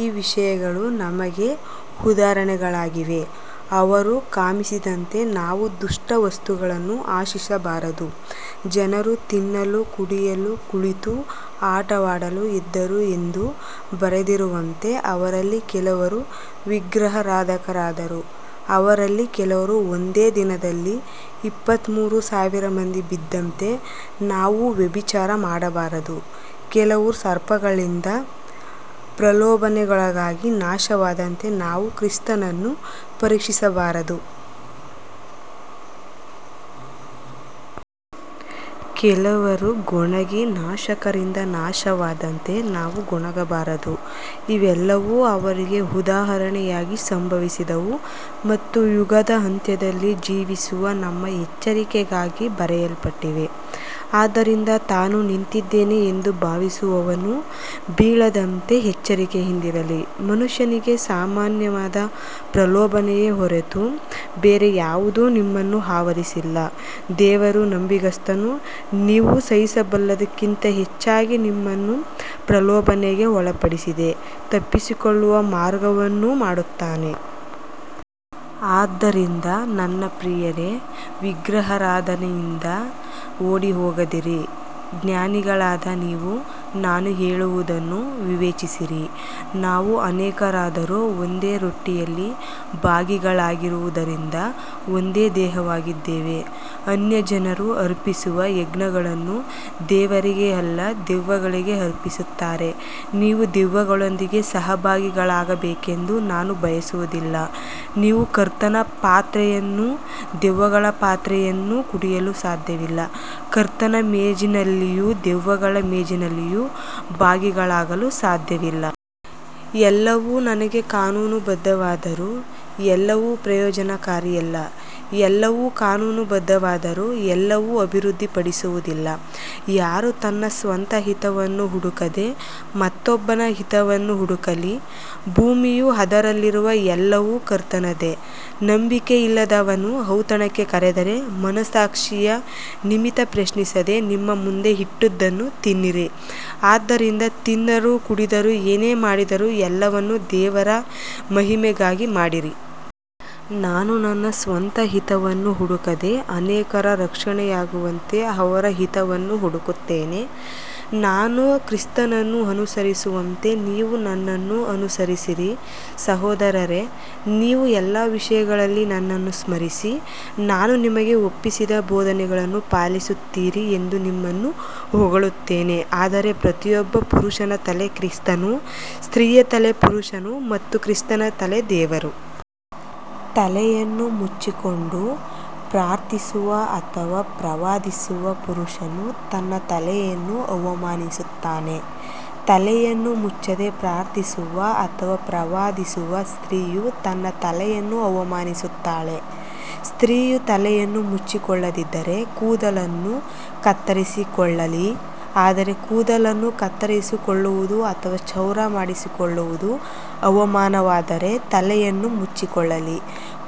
ಈ ವಿಷಯಗಳು ನಮಗೆ ಉದಾಹರಣೆಗಳಾಗಿವೆ, ಅವರು ಕಾಮಿಸಿದಂತೆ ನಾವು ದುಷ್ಟ ವಸ್ತುಗಳನ್ನು ಆಶಿಸಬಾರದು. ಜನರು ತಿನ್ನಲು ಕುಡಿಯಲು ಕುಳಿತು ಆಟವಾಡಲು ಎದ್ದರು ಎಂದು ಬರೆದಿರುವಂತೆ ಅವರಲ್ಲಿ ಕೆಲವರು ವಿಗ್ರಹಾರಾಧಕರಾದರು. ಅವರಲ್ಲಿ ಕೆಲವರು ಒಂದೇ ದಿನದಲ್ಲಿ ಇಪ್ಪತ್ತ್ಮೂರು ಸಾವಿರ ಮಂದಿ ಬಿದ್ದಂತೆ ನಾವು ವ್ಯಭಿಚಾರ ಮಾಡಬಾರದು. ಕೆಲವರು ಸರ್ಪಗಳಿಂದ ಪ್ರಲೋಭನೆಗೊಳಗಾಗಿ ನಾಶವಾದಂತೆ ನಾವು ಕ್ರಿಸ್ತನನ್ನು ಪರೀಕ್ಷಿಸಬಾರದು. ಕೆಲವರು ಗೊಣಗಿ ನಾಶಕರಿಂದ ನಾಶವಾದಂತೆ ನಾವು ಗೊಣಗಬಾರದು. ಇವೆಲ್ಲವೂ ಅವರಿಗೆ ಉದಾಹರಣೆಯಾಗಿ ಸಂಭವಿಸಿದವು ಮತ್ತು ಯುಗದ ಅಂತ್ಯದಲ್ಲಿ ಜೀವಿಸುವ ನಮ್ಮ ಎಚ್ಚರಿಕೆಗಾಗಿ ಬರೆಯಲ್ಪಟ್ಟಿವೆ. ಆದ್ದರಿಂದ ತಾನು ನಿಂತಿದ್ದೇನೆ ಎಂದು ಭಾವಿಸುವವನು ಬೀಳದಂತೆ ಎಚ್ಚರಿಕೆಯಿಂದಿರಲಿ. ಮನುಷ್ಯನಿಗೆ ಸಾಮಾನ್ಯವಾದ ಪ್ರಲೋಭನೆಯ ಹೊರತು ಬೇರೆ ಯಾವುದೂ ನಿಮ್ಮನ್ನು ಆವರಿಸಿಲ್ಲ. ದೇವರು ನಂಬಿಗಸ್ತನು, ನೀವು ಸಹಿಸಬಲ್ಲದಕ್ಕಿಂತ ಹೆಚ್ಚಾಗಿ ನಿಮ್ಮನ್ನು ಪ್ರಲೋಭನೆಗೆ ಒಳಪಡಿಸದೆ, ತಪ್ಪಿಸಿಕೊಳ್ಳುವ ಮಾರ್ಗವನ್ನೂ ಮಾಡುತ್ತಾನೆ. ಆದ್ದರಿಂದ ನನ್ನ ಪ್ರಿಯರೇ, ವಿಗ್ರಹಾರಾಧನೆಯಿಂದ ಓಡಿಹೋಗಿರಿ. ಜ್ಞಾನಿಗಳಾದ ನೀವು ನಾನು ಹೇಳುವುದನ್ನು ವಿವೇಚಿಸಿರಿ. ನಾವು ಅನೇಕರಾದರೂ ಒಂದೇ ರೊಟ್ಟಿಯಲ್ಲಿ ಭಾಗಿಗಳಾಗಿರುವುದರಿಂದ ಒಂದೇ ದೇಹವಾಗಿದ್ದೇವೆ. ಅನ್ಯಜನರು ಅರ್ಪಿಸುವ ಯಜ್ಞಗಳನ್ನು ದೇವರಿಗೆ ಅಲ್ಲ, ದೆವ್ವಗಳಿಗೆ ಅರ್ಪಿಸುತ್ತಾರೆ. ನೀವು ದೆವ್ವಗಳೊಂದಿಗೆ ಸಹಭಾಗಿಗಳಾಗಬೇಕೆಂದು ನಾನು ಬಯಸುವುದಿಲ್ಲ. ನೀವು ಕರ್ತನ ಪಾತ್ರೆಯನ್ನೂ ದೆವ್ವಗಳ ಪಾತ್ರೆಯನ್ನೂ ಕುಡಿಯಲು ಸಾಧ್ಯವಿಲ್ಲ, ಕರ್ತನ ಮೇಜಿನಲ್ಲಿಯೂ ದೆವ್ವಗಳ ಮೇಜಿನಲ್ಲಿಯೂ ಭಾಗಿಗಳಾಗಲು ಸಾಧ್ಯವಿಲ್ಲ. ಎಲ್ಲವೂ ನನಗೆ ಕಾನೂನುಬದ್ಧವಾದರೂ ಎಲ್ಲವೂ ಪ್ರಯೋಜನಕಾರಿಯಲ್ಲ, ಎಲ್ಲವೂ ಕಾನೂನುಬದ್ಧವಾದರೂ ಎಲ್ಲವೂ ಅಭಿವೃದ್ಧಿಪಡಿಸುವುದಿಲ್ಲ. ಯಾರೂ ತನ್ನ ಸ್ವಂತ ಹಿತವನ್ನು ಹುಡುಕದೆ, ಮತ್ತೊಬ್ಬನ ಹಿತವನ್ನು ಹುಡುಕಲಿ. ಭೂಮಿಯೂ ಅದರಲ್ಲಿರುವ ಎಲ್ಲವೂ ಕರ್ತನದೇ. ನಂಬಿಕೆಯಿಲ್ಲದವನು ಔತಣಕ್ಕೆ ಕರೆದರೆ, ಮನಸ್ಸಾಕ್ಷಿಯ ನಿಮಿತ್ತ ಪ್ರಶ್ನಿಸದೆ ನಿಮ್ಮ ಮುಂದೆ ಇಟ್ಟದ್ದನ್ನು ತಿನ್ನಿರಿ. ಆದ್ದರಿಂದ ತಿಂದರೂ ಕುಡಿದರೂ ಏನೇ ಮಾಡಿದರೂ ಎಲ್ಲವನ್ನೂ ದೇವರ ಮಹಿಮೆಗಾಗಿ ಮಾಡಿರಿ. ನಾನು ನನ್ನ ಸ್ವಂತ ಹಿತವನ್ನು ಹುಡುಕದೆ ಅನೇಕರ ರಕ್ಷಣೆಯಾಗುವಂತೆ ಅವರ ಹಿತವನ್ನು ಹುಡುಕುತ್ತೇನೆ. ನಾನು ಕ್ರಿಸ್ತನನ್ನು ಅನುಸರಿಸುವಂತೆ ನೀವು ನನ್ನನ್ನು ಅನುಸರಿಸಿರಿ. ಸಹೋದರರೇ, ನೀವು ಎಲ್ಲ ವಿಷಯಗಳಲ್ಲಿ ನನ್ನನ್ನು ಸ್ಮರಿಸಿ, ನಾನು ನಿಮಗೆ ಒಪ್ಪಿಸಿದ ಬೋಧನೆಗಳನ್ನು ಪಾಲಿಸುತ್ತೀರಿ ಎಂದು ನಿಮ್ಮನ್ನು ಹೊಗಳುತ್ತೇನೆ. ಆದರೆ ಪ್ರತಿಯೊಬ್ಬ ಪುರುಷನ ತಲೆ ಕ್ರಿಸ್ತನು, ಸ್ತ್ರೀಯ ತಲೆ ಪುರುಷನು ಮತ್ತು ಕ್ರಿಸ್ತನ ತಲೆ ದೇವರು. ತಲೆಯನ್ನು ಮುಚ್ಚಿಕೊಂಡು ಪ್ರಾರ್ಥಿಸುವ ಅಥವಾ ಪ್ರವಾದಿಸುವ ಪುರುಷನು ತನ್ನ ತಲೆಯನ್ನು ಅವಮಾನಿಸುತ್ತಾನೆ. ತಲೆಯನ್ನು ಮುಚ್ಚದೆ ಪ್ರಾರ್ಥಿಸುವ ಅಥವಾ ಪ್ರವಾದಿಸುವ ಸ್ತ್ರೀಯು ತನ್ನ ತಲೆಯನ್ನು ಅವಮಾನಿಸುತ್ತಾಳೆ. ಸ್ತ್ರೀಯು ತಲೆಯನ್ನು ಮುಚ್ಚಿಕೊಳ್ಳದಿದ್ದರೆ ಕೂದಲನ್ನು ಕತ್ತರಿಸಿಕೊಳ್ಳಲಿ, ಆದರೆ ಕೂದಲು ಕತ್ತರಿಸಿಕೊಳ್ಳುವುದು ಅಥವಾ ಕ್ಷೌರ ಮಾಡಿಸಿಕೊಳ್ಳುವುದು ಅವಮಾನವಾದರೆ ತಲೆಯನ್ನು ಮುಚ್ಚಿಕೊಳ್ಳಲಿ.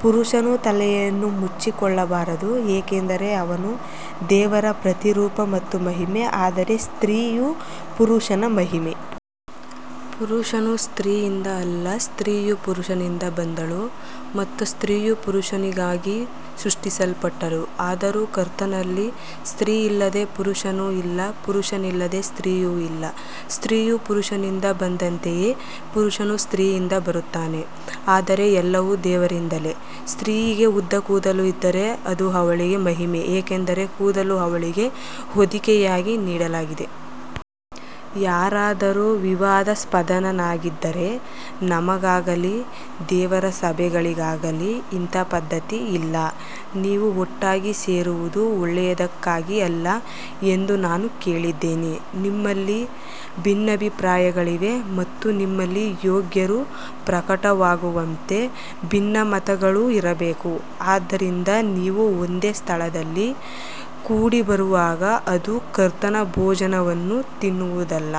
ಪುರುಷನು ತಲೆಯನ್ನು ಮುಚ್ಚಿಕೊಳ್ಳಬಾರದು, ಏಕೆಂದರೆ ಅವನು ದೇವರ ಪ್ರತಿರೂಪ ಮತ್ತು ಮಹಿಮೆ, ಆದರೆ ಸ್ತ್ರೀಯು ಪುರುಷನ ಮಹಿಮೆ. ಪುರುಷನು ಸ್ತ್ರೀಯಿಂದ ಅಲ್ಲ, ಸ್ತ್ರೀಯು ಪುರುಷನಿಂದ ಬಂದಳು, ಮತ್ತು ಸ್ತ್ರೀಯು ಪುರುಷನಿಗಾಗಿ ಸೃಷ್ಟಿಸಲ್ಪಟ್ಟಳು. ಆದರೂ ಕರ್ತನಲ್ಲಿ ಸ್ತ್ರೀಯಿಲ್ಲದೆ ಪುರುಷನೂ ಇಲ್ಲ, ಪುರುಷನಿಲ್ಲದೆ ಸ್ತ್ರೀಯೂ ಇಲ್ಲ. ಸ್ತ್ರೀಯು ಪುರುಷನಿಂದ ಬಂದಂತೆಯೇ ಪುರುಷನು ಸ್ತ್ರೀಯಿಂದ ಬರುತ್ತಾನೆ, ಆದರೆ ಎಲ್ಲವೂ ದೇವರಿಂದಲೇ. ಸ್ತ್ರೀಯಿಗೆ ಉದ್ದ ಕೂದಲು ಇದ್ದರೆ ಅದು ಅವಳಿಗೆ ಮಹಿಮೆ, ಏಕೆಂದರೆ ಕೂದಲು ಅವಳಿಗೆ ಹೊದಿಕೆಯಾಗಿ ನೀಡಲಾಗಿದೆ. ಯಾರಾದರೂ ವಿವಾದಾಸ್ಪದನಾಗಿದ್ದರೆ ನಮಗಾಗಲಿ ದೇವರ ಸಭೆಗಳಿಗಾಗಲಿ ಇಂಥ ಪದ್ಧತಿ ಇಲ್ಲ. ನೀವು ಒಟ್ಟಾಗಿ ಸೇರುವುದು ಒಳ್ಳೆಯದಕ್ಕಾಗಿ ಅಲ್ಲ ಎಂದು ನಾನು ಕೇಳಿದ್ದೇನೆ. ನಿಮ್ಮಲ್ಲಿ ಭಿನ್ನಾಭಿಪ್ರಾಯಗಳಿವೆ ಮತ್ತು ನಿಮ್ಮಲ್ಲಿ ಯೋಗ್ಯರು ಪ್ರಕಟವಾಗುವಂತೆ ಭಿನ್ನಮತಗಳೂ ಇರಬೇಕು. ಆದ್ದರಿಂದ ನೀವು ಒಂದೇ ಸ್ಥಳದಲ್ಲಿ ಕೂಡಿಬರುವಾಗ ಅದು ಕರ್ತನ ಭೋಜನವನ್ನು ತಿನ್ನುವುದಲ್ಲ.